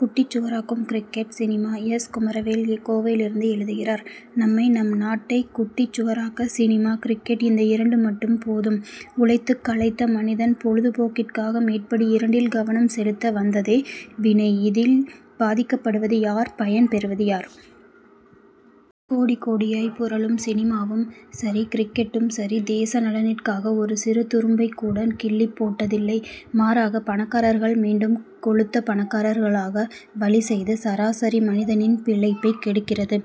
குட்டிச்சுவராக்கும் cricket cinema S. Kumaravel கோவையிலிருந்து எழுதுகிறார் நம்மை நம் நாட்டை குட்டிச் சுவராக்க சினிமா கிரிக்கெட் இந்த இரண்டு மட்டும் போதும். உழைத்துக் களைத்த மனிதன் பொழுதுபோக்கிற்காக மேற்படி இரண்டில் கவனம் செலுத்த வந்ததே வினைஇதில் பாதிக்கப்படுவது யார் பயன் பெறுபவர் யார்? கோடி கோடியாய் புரளும் சினிமாவும் சரி கிரிக்கெட்டும் சரி தேச நலனிற்காக ஒரு சிறு துரும்பைக் கூட கிள்ளிப் போட்டதில்லை. மாறாக பணக்காரர்கள் மீண்டும் கொழுத்த பணக்காரர்களாக வழி செய்து சராசரி மனிதனின் பிழைப்பை கெடுக்கிறது.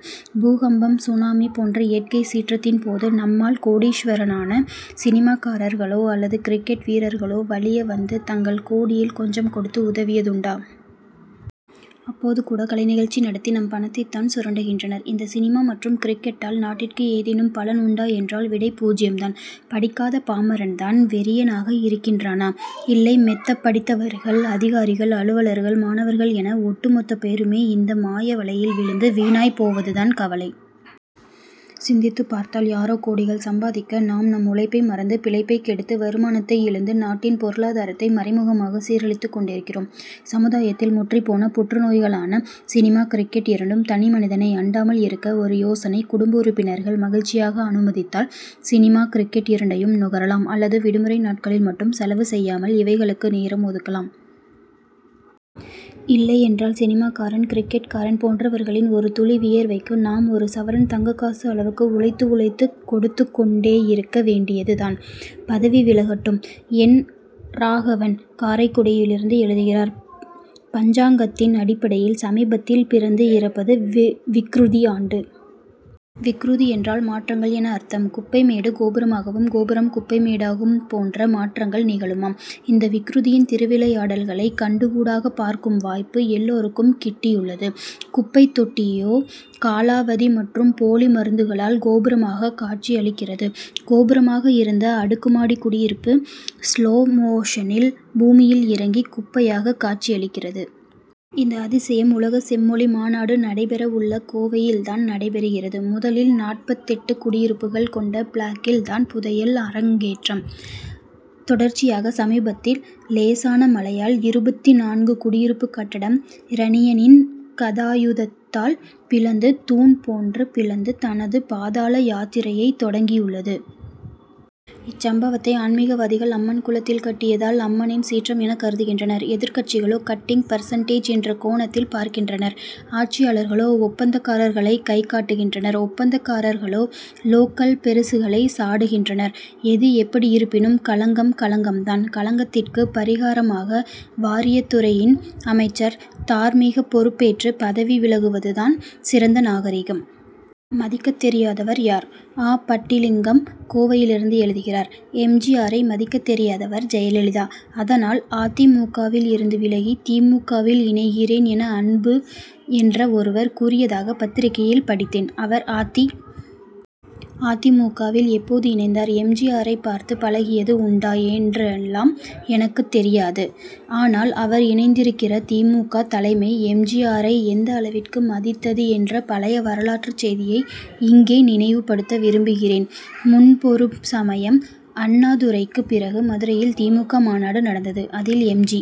பூகம்பம் சுனாமி போன்ற இயற்கை சீற்றத்தின் போது நம்மால் கோடீஸ்வரனான சினிமாக்காரர்களோ அல்லது கிரிக்கெட் வீரர்களோ வலிய வந்து தங்கள் கோடியில் கொஞ்சம் கொடுத்து உதவியதுண்டா? அப்போது கூட கலை நிகழ்ச்சி நடத்தி நம் பணத்தைத் தான் சுரண்டுகின்றனர். இந்த சினிமா மற்றும் கிரிக்கெட்டால் நாட்டிற்கு ஏதேனும் பலன் உண்டா என்றால் விடை பூஜ்யம் தான். படிக்காத பாமரன் தான் வெறியனாக இருக்கின்றானா இல்லைமெத்தப் படித்தவர்கள் அதிகாரிகள் அலுவலர்கள் மாணவர்கள் என ஒட்டு மொத்த பேருமே இந்த மாய வலையில் விழுந்து வீணாய் போவது தான் கவலை. சிந்தித்துப் பார்த்தால் யாரோ கோடிகள் சம்பாதிக்க நாம் நம் உழைப்பை மறந்து பிழைப்பை கெடுத்து வருமானத்தை இழந்து நாட்டின் பொருளாதாரத்தை மறைமுகமாக சீரழித்துக் கொண்டிருக்கிறோம். சமுதாயத்தில் முற்றிப் போன புற்று நோய்களான சினிமா கிரிக்கெட் இரண்டும் தனி மனிதனை அண்டாமல் இருக்க ஒரு யோசனைகுடும்ப உறுப்பினர்கள் மகிழ்ச்சியாக அனுமதித்தால் சினிமா கிரிக்கெட் இரண்டையும் நுகரலாம் அல்லது விடுமுறை நாட்களில் மட்டும் செலவு செய்யாமல் இவைகளுக்கு நேரம் ஒதுக்கலாம். இல்லையென்றால் சினிமாக்காரன் கிரிக்கெட் காரன் போன்றவர்களின் ஒரு துளி வியர்வைக்கு நாம் ஒரு சவரன் தங்க காசு அளவுக்கு உழைத்து உழைத்து கொடுத்துக் கொண்டேயிருக்க வேண்டியது தான். பதவி விலகட்டும்! என். ராகவன் காரைக்குடியிலிருந்து எழுதுகிறார் பஞ்சாங்கத்தின் அடிப்படையில் சமீபத்தில் பிறந்து இருப்பது வி விக்ருதி ஆண்டு. விக்ருதி என்றால் மாற்றங்கள் என அர்த்தம். குப்பைமேடு கோபுரமாகவும் கோபுரம் குப்பை மேடாகும் போன்ற மாற்றங்கள் நிகழுமாம். இந்த விக்ருதியின் திருவிளையாடல்களை கண்டுகூடாக பார்க்கும் வாய்ப்பு எல்லாருக்கும் கிட்டியுள்ளது. குப்பைத் தொட்டியோ காலாவதி மற்றும் போலி மருந்துகளால் கோபுரமாக காட்சி அளிக்கிறது கோபுரமாக இருந்த அடுக்கு மாடி குடியிருப்பு ஸ்லோ மோஷனில் பூமியில் இறங்கி குப்பையாக காட்சி அளிக்கிறது. இந்த அதிசயம் உலக செம்மொழி மாநாடு நடைபெற உள்ள கோவையில் தான் நடைபெறுகிறது. முதலில் நாற்பத்தெட்டு குடியிருப்புகள் கொண்ட பிளாக்கில் தான் புதையல் அரங்கேற்றம். தொடர்ச்சியாக சமீபத்து லேசான மழையால் இருபத்துநான்கு குடியிருப்பு கட்டடம் இரணியனின் கதாயுதத்தால் பிளந்த தூண் போன்று பிளந்து தனது பாதாள யாத்திரையை தொடங்கி உள்ளது. இச்சம்பவத்தை ஆன்மிகவாதிகள் அம்மன் குளத் தில் கட்டியதால் அம்மனின் சீற்றம் என கருதுகின்றனர். எதிர்க்கட்சிகளோ கட்டிங் பர்சன்டேஜ் என்ற கோணத்தில் பார்க்கின்றனர். ஆட்சியாளர்களோ ஒப் பந்தக்காரர்களை கை காட்டுகின்றனர். ஒப்பந்தக்காரர்களோ லோக்கல் பெரிசுகளை சாடுகின்றனர். எது எப்படி இருப்பினும் களங்கம் களங்கம் தான். களங்கத்திற்கு பரிகாரமாக வாரியத்துறையின் அமைச்சர் தார்மீக பொறுப் பேற்று பதவி விலகுவது தான் சிறந்த நாகரிகம். மதிக்கத்தெரியாதவர் யார்? ஆ. பட்டிலிங்கம் கோவையிலிருந்து எழுதுகிறார் எம். ஜி. ஆரை மதிக்கத் தெரியாதவர் ஜெயலலிதா. அதனால் அ. தி. மு. க.வில் இருந்து விலகி தி. மு. க.வில் இணைகிறேன் என அன்பு என்ற ஒருவர் கூறியதாக பத்திரிகையில் படித்தேன். அவர் அ. தி. ஆ.தி.மு. க.வில் எப்போது இணைந்தார் எம். ஜி. ஆரை பார்த்து பழகியது உண்டா என்றெல்லாம் எனக்குத் தெரியாது. ஆனால் அவர் இணைந்திருக்கிற தி. மு. க. தலைமை எம். ஜி. ஆரை எந்த அளவிற்கு மதித்தது என்ற பழைய வரலாற்றுச் செய்தியை இங்கே நினைவுப்படுத்த விரும்புகிறேன்முன்பொரு சமயம் அண்ணாதுரைக்கு பிறகு மதுரையில் தி. மு. க. மாநாடு நடந்தது. அதில் எம். ஜி.